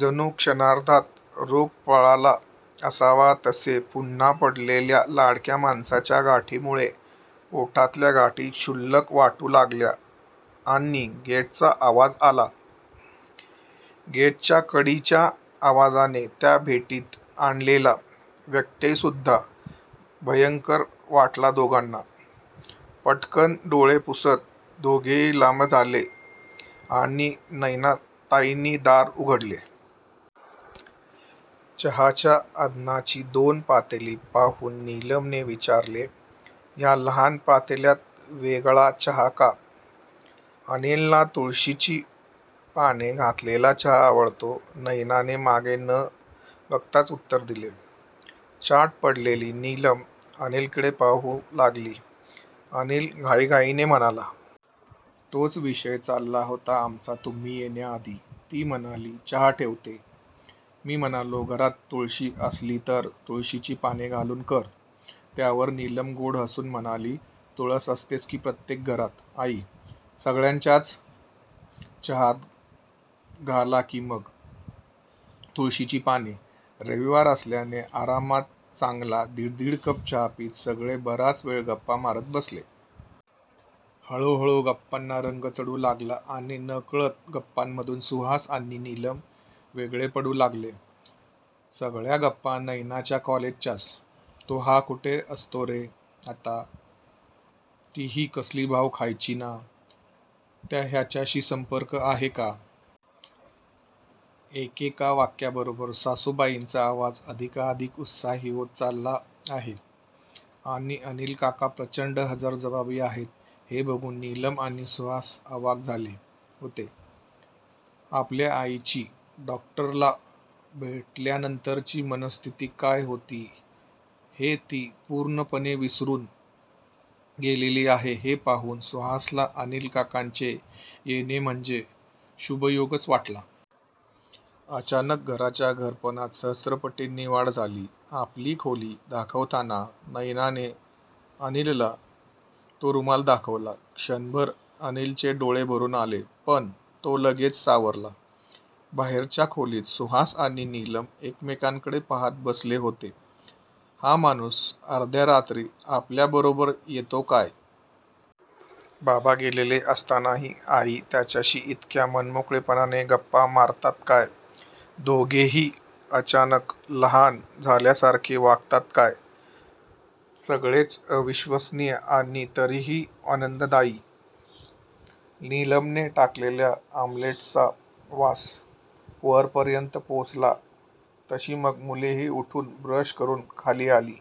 जणू क्षणार्धात रोग पळाला असावा तसे! पुन्हा पडलेल्या लाडक्या माणसाच्या गाठीमुळे पोटातल्या गाठी क्षुल्लक वाटू लागल्या. आणि गेटचा आवाज आला. गेटच्या कडीच्या आवाजाने त्या भेटीत आणलेला व्यत्ययसुद्धा भयंकर वाटला दोघांना! पटकन् डोळे पुसत दोघेही लांब झाले आणि नयनाताईंनी दार उघडले. चहाच्या आधणाची दोन पातेली पाहून निलमने विचारले. ह्या लहान पातेल्यात वेगळा चहा का? ""अनिलला तुळशीची पाने घातलेला चहा आवडतो"नयनाने मागे न बघताच उत्तर दिले. चाट पडलेली निलम अनिलकडे पाहू लागली. अनिल घाईघाईने म्हणाला. "तोच विषय चालला होता आमचा तुम्ही येण्याआधी! ती म्हणाली चहा ठेवते, मी म्हणालो घरात तुळशी असली तर तुळशीची पाने घालून कर"त्यावर निलम गोड हसून म्हणाली. "तुळस असतेच की प्रत्येक घरात. आई, सगळ्यांच्याच चहात घाला की मग तुळशीची पाने"रविवार असल्याने आरामात चांगला दिड दिड कप चहा पीत सगळे बराच वेळ गप्पा मारत बसले. हळूहळू गप्पांना रंग चढू लागला आणि नकळतच गप्पांमधून सुहास आणि निलम वेगळे पडू लागले. सगळ्या गप्पा नयनाच्या कॉलेजच्याच! तो हा कुठे असतो रे आता? ती ही कसली भाव खायची ना? त्या ह्याच्याशी संपर्क आहे का? एकेका वाक्याबरोबर सासूबाईंचा आवाज अधिकाधिकच उत्साही होत चालला आहे आणि अनिलकाका प्रचंड हजरजबाबी आहेत हे बघून निलम आणि सुहास अवाक झाले होते. आपल्या आईची डॉक्टरला भेटल्यानंतरची मनस्थिती काय होती हे ती पूर्णपणे विसरून गेलेली आहे हे पाहून सुहासला अनिल काकांचे येणे म्हणजे शुभयोगच वाटला. अचानक 'घराच्या घरपणात' सहस्त्रपटींनी वाढ झाली. आपली खोली दाखवताना नयनाने अनिलला तो रुमालही दाखवला. क्षणभर अनिलचे डोळे भरून आले. पण तो लगेच सावरला. बाहेरच्या खोलीत सुहास आणि निलम एकमेकांकडे पाहातच बसले होते. हा माणूस अर्ध्या रात्री आपल्याबरोबर येतो काय? बाबा गेलेले असतानाही आई त्याच्याशी इतक्या मनमोकळेपणाने गप्पा मारतात काय? दोघेही अचानक लहान झाल्यासारखे वागतात काय! सगळेच अविश्वसनीय आणि तरीही आनंददायी! निलमने टाकलेल्या ऑम्लेट्सचा वास वरपर्यंत पोचला तशी मग मुलेही उठून, ब्रश करून खाली आली.